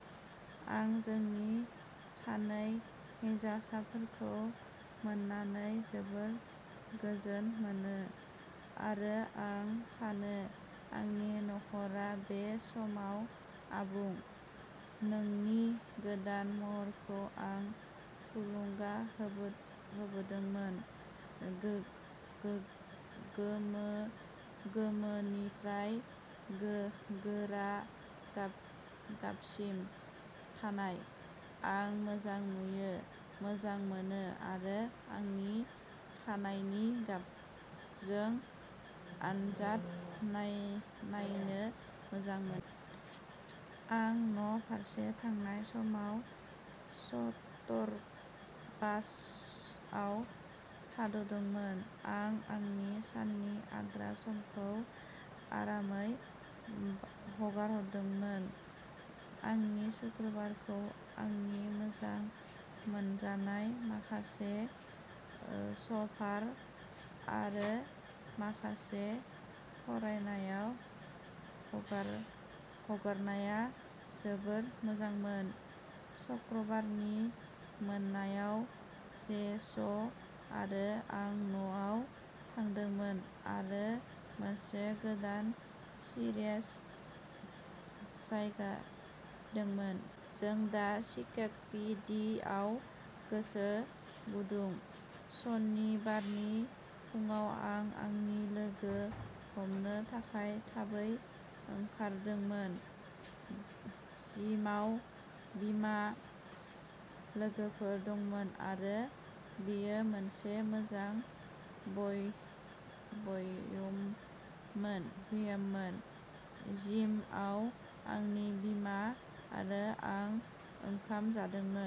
आं जोंनि सानै हिनजावफोरखौ मोननानै जोबोद गोजोन मोनो, आरो आं सानो जोंनि नखरा बे समाव आबुं। " नोंनि गोदान महरखौ मा थुलुंगा होदोंमोन-गोमोनिफ्राय गोरा गाबसिम थांनाय? "आं मोजां नुनो मोजां मोनो आरो आंनि खानाइनि गाबजों आनजाद नायनो मोजां मोनो। आं न'फारसे थांनाय समाव स्टारबाकसआव थाद'दोंमोन आरो आंनि साननि आद्रा समखौ आरामै हगारदोंमोन। आंनि सुक्रुबारखौ आंनि मोजां मोनजानाय माखासे श'फोर आरो माखासे फरायनायाव हगारनाया जोबोद मोजांमोन। सुक्रुबारनि मोनायाव चेज आरो आं न'आव थादोंमोन आरो मोनसे गोदान सिरिज जागायदोंमोन। जों दा शिकाग'पि. डि. आव गोसो गुदुं। सनिबारनि फुंआव आं आंनि लोगो हमनो थाखाय थाबै ओंखारदोंमोन। जिमाव बिमा। लोगोफोरा दंमोन आरो बेयो मोनसे मोजां ब्याममोन। जिमनि उनाव आंनि बिमा आरो आं ओंखाम जादोंमोन।